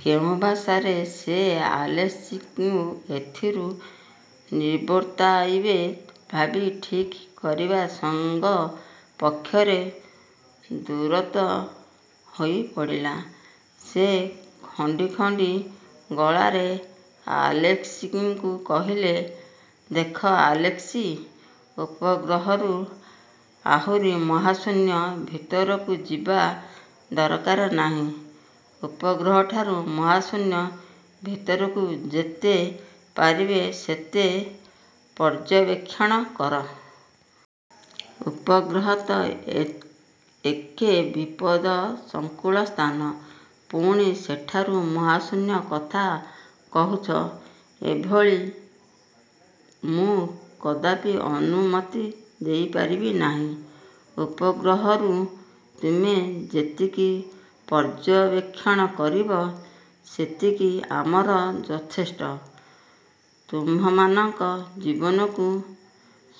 କେଉଁ ଭାଷାରେ ସେ ଆଲେସ୍କିଙ୍କୁ ଏଥିରୁ ନିବର୍ତ୍ତାଇବେ ଭାବି ଠିକ୍ କରିବା ତାଙ୍କ ପକ୍ଷରେ ଦୂରୁହ ହୋଇ ପଡ଼ିଲା। ସେ ଖଣ୍ଡି ଖଣ୍ଡି ଗଳାରେ ଆଲେସ୍କିଙ୍କୁ କହିଲେ, ''ଦେଖ ଆଲେସ୍କି, ଉପଗ୍ରହରୁ ଆହୁରି ମହାଶୂନ୍ୟ ଭିତରକୁ ଯିବା ଦରକାର ନାହିଁ। ଉପଗ୍ରହଠାରୁ ମହାଶୂନ୍ୟ ଭିତରକୁ ଯେତେ ପାରିବେ ସେତେ ପର୍ଯ୍ୟବେକ୍ଷଣ କର-। ଉପଗ୍ରହ ତ ଏକେ ବିପଦସଂକୁଳ ସ୍ଥାନ; ପୁଣି ସେଠାରୁ ମହାଶୂନ୍ୟ କଥା କହୁଛ, ଏଭଳି ମୁଁ କଦାପି ଅନୁମତି ଦେଇପାରିବି ନାହିଁ। ଉପଗ୍ରହରୁ ତୁମେ ଯେତିକି ପର୍ଯ୍ୟବେକ୍ଷଣ କରିବ, ସେତିକି ଆମର ଯଥେଷ୍ଟ। ତୁମ୍ଭମାନଙ୍କ ଜୀବନକୁ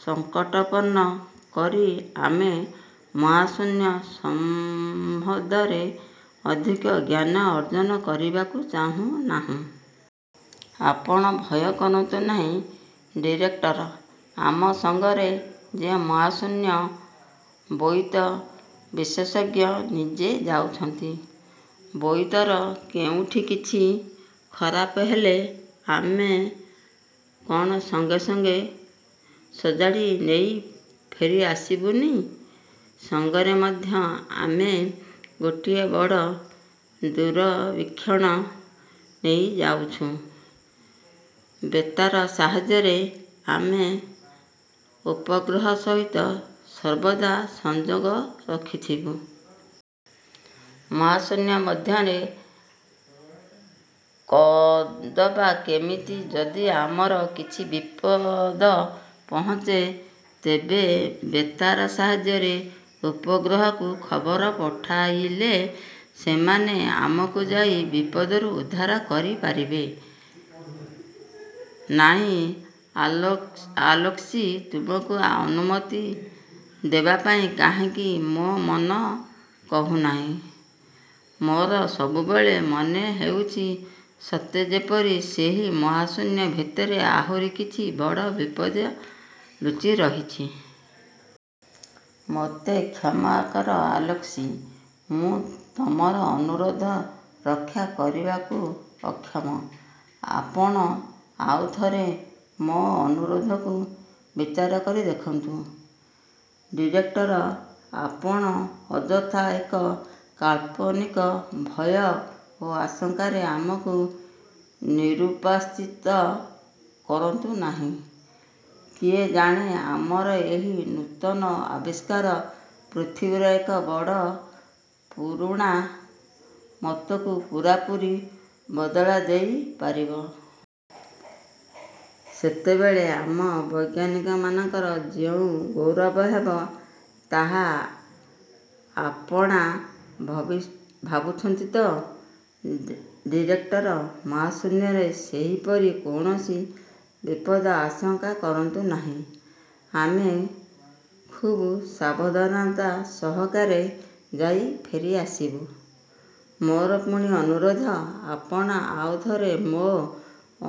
ସଂକଟାପନ୍ନ କରି ଆମେ ମହାଶୂନ୍ୟ ସମ୍ବନ୍ଧରେ ଅଧିକ ଜ୍ଞାନ ଅର୍ଜନ କରିବାକୁ ଚାହୁଁ ନାହିଁ। '' ''ଆପଣ ଭୟ କରନ୍ତୁ ନାହିଁ ଡିରେକ୍ଟର! ଆମ ସଙ୍ଗରେ ଯେ ମହାଶୂନ୍ୟ-ବୋଇତ-ବିଶେଷଜ୍ଞ ନିଜେ ଯାଉଛନ୍ତି। ବୋଇତର କେଉଠିଁ କିଛି ଖରାପ ହେଲେ ଆମେ କ'ଣ ସଙ୍ଗେ ସଙ୍ଗେ ସଜାଡ଼ି ନେଇ ଫେରିପାରିବୁନି? ସଙ୍ଗରେ ମଧ୍ୟ ଆମେ ଗୋଟିଏ ବଡ଼ ଦୂରବୀକ୍ଷଣ ନେଇ ଯାଉଛୁଁ-। ବେତାର ସାହାଯ୍ୟରେ ଆମେ ଉପଗ୍ରହ ସହିତ ସର୍ବଦା ସଂଯୋଗ ରଖିଥିବୁଁ। ମହାଶୂନ୍ୟ ମଧ୍ୟରେ କଦବା କେମିତି ଯଦି ଆମର କିଛି ବିପଦ ପହଞ୍ଚେ, ତେବେ ବେତାର ସାହାଯ୍ୟରେ ଉପଗ୍ରହକୁ ଖବର ପଠାଇଲେ ସେମାନେ ଆମକୁ ଯାଇ ବିପଦରୁ ଉଦ୍ଧାର କରି ପାରିବେ। '' ''ନାଇଁ ଆଲେସ୍କି! ତୁମକୁ ଅନୁମତି ଦେବାପାଇଁ କାହିଁକି ମୋ ମନ କହୁନାହିଁ। ମୋର ସବୁବେଳେ ମନେ ହେଉଛି, ସତେ ଯେପରି ସେହି ମହାଶୂନ୍ୟ ଭିତରେ ଆହୁରି କିଛି ବଡ଼ ବିପଦ ଲୁଚିରହିଛି। ମୋତେ କ୍ଷମାକର ଆଲେସ୍କି! ମୁଁ ତମର ଅନୁରୋଧ ରକ୍ଷା କରିବାକୁ ଅକ୍ଷମ। '' ଆପଣ ଆଉ ଥରେ ମୋ ଆନୁରୋଧକୁ ବିଚାର କରି ଦେଖନ୍ତୁ ଡିରେକ୍ଟର! ଆପଣ ଅଯଥା ଏକ କାଳ୍ପନିକ ଭୟ ଓ ଆଶଙ୍କାରେ ଆମକୁ ନିରୁତ୍ସାହିତ କରନ୍ତୁ ନାହିଁ। କିଏ ଜାଣେ ଆମର ଏହି ନୂତନ ଆବିଷ୍କାର ପୃଥିବୀର ଏକ ବଡ଼ ପୁରୁଣା ମତକୁ ପୂରାପୂରି ବଦଳାଇଦେଇ ପାରିବ। ସେତେବେଳେ ଆମ ବୈଜ୍ଞାନିକମାନଙ୍କର ଯେଉଁ ଗୌରବ ହେବ, ତାହା ଆପଣା ଭାବୁଛନ୍ତି ତ ଡିରେକ୍ଟର? ମହାଶୂନ୍ୟରେ ସେପରି କୌଣସି ବିପଦ ଆଶଙ୍କା କରନ୍ତୁ ନାହିଁ। ଆମେ ଖୁବ୍ ସାବଧାନତା ସହକାରେ ଯାଇ ଫେରିଆସିବୁ। ମୋର ପୁଣି ଅନୁରୋଧ, ''ଆପଣ ଆଉ ଥରେ ମୋ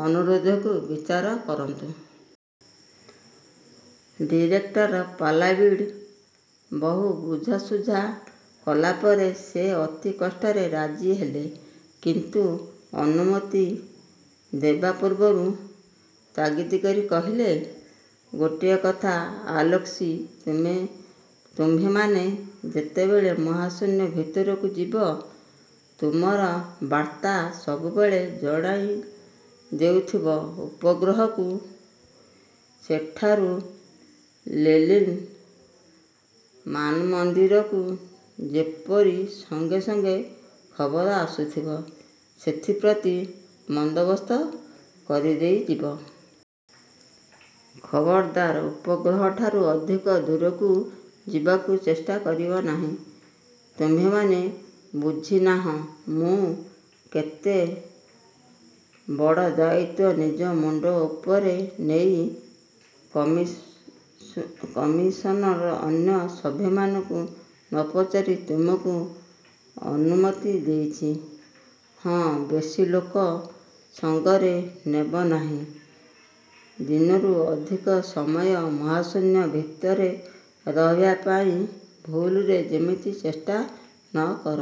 ଅନୁରୋଧକୁ ବିଚାର କରନ୍ତୁ। '' ଡିରେକ୍ଟର ପାଲାଭିନ୍ଙ୍କୁ ବହୁ ବୁଝାସୁଝା କଲାପରେ ସେ ଅତି କଷ୍ଟରେ ରାଜି ହେଲେ; କିନ୍ତୁ ଅନୁମତି ଦେବା ପୂର୍ବରୁ ତାଗିଦ୍ କରି କହିଲେ, ''ଗୋଟିଏ କଥା ଆଲେସ୍କି! ତୁମ୍ଭେମାନେ ଯେତେବେଳେ ମହାଶୂନ୍ୟ ଭିତରକୁ ଯିବ, ତୁମର ବାର୍ତ୍ତା ସବୁବେଳେ ଜଣାଇ ଦେଉଥିବ ଉପଗ୍ରହକୁ-। ସେଠାରୁ ଲେନିନ୍ ମାନମନ୍ଦିରକୁ ଯେପରି ସଙ୍ଗେ ସଙ୍ଗେ ଖବର ଆସୁଥିବ, ସେଥିପ୍ରତି ବନ୍ଦୋବସ୍ତ କରିଦେଇ ଯିବ। ଖବରଦାର, ଉପଗ୍ରହଠାରୁ ଅଧିକ ଦୂରକୁ ଯିବାକୁ ଚେଷ୍ଟା କରିବ ନାହିଁ-। ତୁମ୍ଭେମାନେ ବୁଝୁନାହଁ, ମୁଁ କେତେ ବଡ଼ ଦାୟିତ୍ୱ ନିଜ ମୁଣ୍ଡ ଉପରେ ନେଇ କମିଶନ୍ର ଅନ୍ୟ ସଭ୍ୟମାନଙ୍କୁ ନ ପଚାରି ତୁମକୁ ଅନୁମତି ଦେଉଛି। ହଁ, ବେଶି ଲୋକ ସଙ୍ଗରେ ନେବ ନାହିଁ। ଦିନରୁ ଅଧିକ ସମୟ ମହାଶୂନ୍ୟ ଭିତରେ ରହିବା ପାଇଁ ଭୁଲରେ ଯେମିତି ଚେଷ୍ଟା ନ କର।